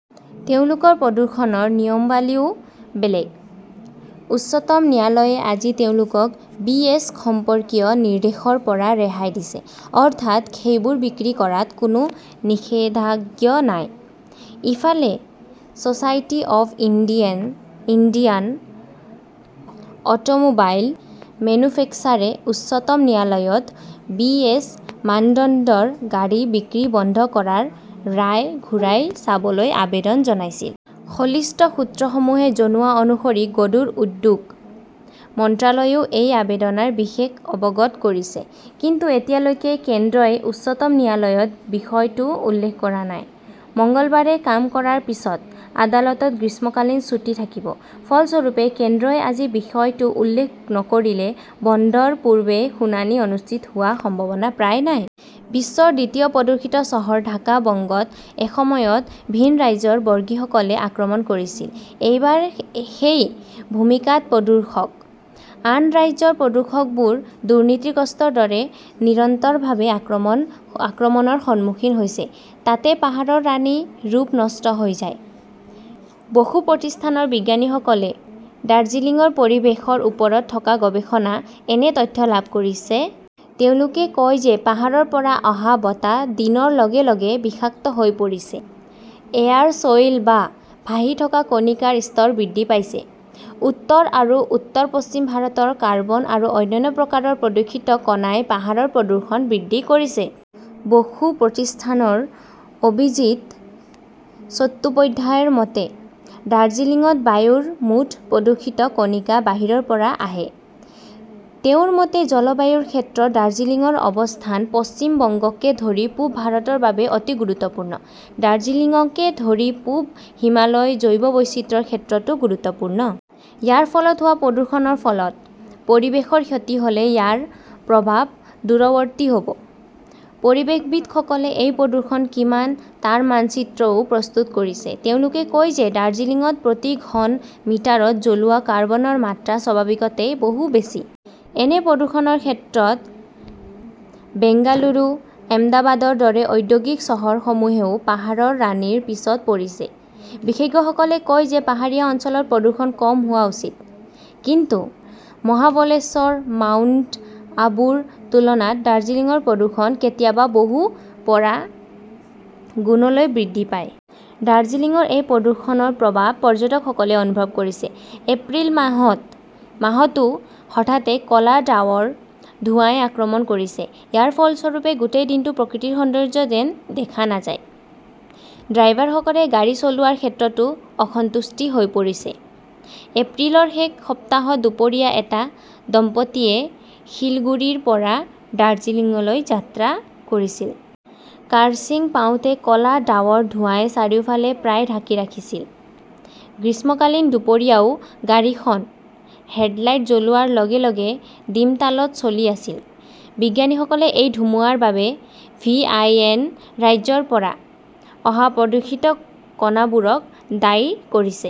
তেওঁলোকৰ প্ৰদূষণৰ নিয়মাৱলীও বেলেগ। উচ্চতম ন্যায়ালয়ে আজি তেওঁলোকক বি. এছ. সম্পৰ্কীয় নিৰ্দেশৰ পৰা ৰেহাই দিছে। অৰ্থাৎ, সেইবোৰ বিক্ৰী কৰাত কোনো নিষেধাজ্ঞা নাই। ইফালে, ছচাইটি অৱ ইণ্ডিয়ান অটোমোবাইল মেনুফেক্সাৰ্ছে উচ্চতম ন্যায়ালয়ত বি. এছ. মানদণ্ডৰ গাড়ী বিক্ৰী বন্ধ কৰাৰ ৰায় ঘূৰাই চাবলৈ আবেদন জনাইছিল। সংশ্লিষ্ট সূত্ৰসমূহে জনোৱা অনুসৰি গধুৰ উদ্যোগ মন্ত্ৰালয়েও এই আবেদনৰ বিষয়ে অৱগত কৰিছে। কিন্তু এতিয়ালৈকে কেন্দ্ৰই উচ্চতম ন্যায়ালয়ত বিষয়টো উল্লেখ কৰা নাই। মঙলবাৰে কাম কৰাৰ পিছত আদালতত গ্ৰীষ্মকালীন ছুটী থাকিব। ফলস্বৰূপে, কেন্দ্ৰই আজি বিষয়টো উল্লেখ নকৰিলে বন্ধৰ পূৰ্বে শুনানি অনুষ্ঠিত হোৱাৰ সম্ভাৱনা প্ৰায় নাই। বিশ্বৰ দ্বিতীয় প্ৰদূষিত চহৰ ঢাকা বংগত এসময়ত ভিন ৰাজ্যৰ বৰ্গীসকলে আক্ৰমণ কৰিছিল। এইবাৰ সেই ভূমিকাত প্ৰদূষক। আন ৰাজ্যৰ প্ৰদূষকবোৰ দুৰ্নীতিগ্ৰস্তৰ দৰে নিৰন্তৰভাৱে আক্ৰমণৰ সন্মুখীন হৈছে! তাতেই পাহাৰৰ ৰাণীৰ ৰূপ নষ্ট হৈ যায়। বসু প্ৰতিষ্ঠানৰ বিজ্ঞানীসকলে দাৰ্জিলিংৰ পৰিৱেশৰ ওপৰত কৰা গৱেষণাত এনে তথ্য লাভ কৰিছে। তেওঁলোকে কয় যে পাহাৰৰ পৰা অহা বতাহ দিনৰ লগে লগে বিষাক্ত হৈ পৰিছে। এয়াৰ ছইল বা ভাহি থকা কণিকাৰ স্তৰ বৃদ্ধি পাইছে। উত্তৰ আৰু উত্তৰ-পশ্চিম ভাৰতৰ কাৰ্বন আৰু অন্যান্য প্ৰকাৰৰ প্ৰদূষিত কণাই পাহাৰৰ প্ৰদূষণ বৃদ্ধি কৰিছে। বসু প্ৰতিষ্ঠানৰ অভিজিৎ চট্টোপাধ্যায়ৰ মতে, দাৰ্জিলিংত বায়ুৰ মুঠ প্ৰদূষিত কণিকা বাহিৰৰ পৰা আহে। তেওঁৰ মতে, জলবায়ুৰ ক্ষেত্ৰত দাৰ্জিলিংৰ অৱস্থান পশ্চিম বংগকে ধৰি পূব ভাৰতৰ বাবে অতি গুৰুত্বপূৰ্ণ। দাৰ্জিলিংকে ধৰি পূব হিমালয় জৈৱ বৈচিত্ৰ্যৰ ক্ষেত্ৰতো গুৰুত্বপূৰ্ণ। ইয়াৰ ফলত হোৱা প্ৰদূষণৰ ফলত পৰিৱেশৰ ক্ষতি হলে ইয়াৰ প্ৰভাৱ দূৰৱৰ্তী হব। পৰিৱেশবিদ সকলে এই প্ৰদূষণ কিমান তাৰ মানচিত্ৰও প্ৰস্তুত কৰিছে। তেওঁলোকে কয় যে ডাৰ্জিলিংত প্ৰতি ঘন মিটাৰত জ্বলোৱা কাৰ্বনৰ মাত্ৰা স্বাভাৱিকতকৈ বহু বেছি। এনে প্ৰদূষণৰ ক্ষেত্ৰত বেংগালুৰু, আহমেদাবাদৰ দৰে ঔদ্যোগিক চহৰসমূহেও পাহাৰৰ ৰাণীৰ পিছত পৰিছে। বিশেষজ্ঞসকলে কয় যে পাহাৰীয়া অঞ্চলত প্ৰদূষণ কম হোৱা উচিত। কিন্তু মহাবলেশ্বৰ, মাউণ্ট আবুৰ তুলনাত দাৰ্জিলিংৰ প্ৰদূষণ কেতিয়াবা বহু পৰা গুণলৈ বৃদ্ধি পাই। দৰ্জিলিংৰ এই প্ৰদূষণৰ প্ৰভাৱ পৰ্যটকসকলেও অনুভৱ কৰিছে। এপ্ৰিল মাহতও হঠাতে ক 'লা ডাৱৰ, ধোঁৱাই আক্ৰমণ কৰিছে। ইয়াৰ ফলস্বৰূপে, গোটেই দিনটো প্ৰকৃতিৰ সৌন্দৰ্য্য যেন দেখা নাযায়। ড্ৰাইভাৰসকলে গাড়ী চলোৱাৰ ক্ষেত্ৰতো অসন্তুষ্ট হৈ পৰিছে। এপ্ৰিলৰ শেষ সপ্তাহত দুপৰীয়া এটা দম্পতীয়ে শিলিগুৰিৰ পৰা দাৰ্জিলিংলৈ যাত্ৰা কৰিছিল। কাৰ্চিয়াং পাওতেই ক 'লা ডাৱৰ-ধোঁৱাই চাৰিওফালে প্ৰায় ঢাকি ৰাখিছিল! গ্ৰীষ্মকালীন দুপৰীয়াও গাড়ীখন হেডলাইট জ্বলোৱাৰ লগে লগে দিমতালত চলি আছিল। বিজ্ঞানীসকলে এই ধুমুহাৰ বাবে ভি. আই. এন. ৰাজ্যৰ পৰা অহা প্ৰদূষিত কণাবোৰক দায়ী কৰিছে।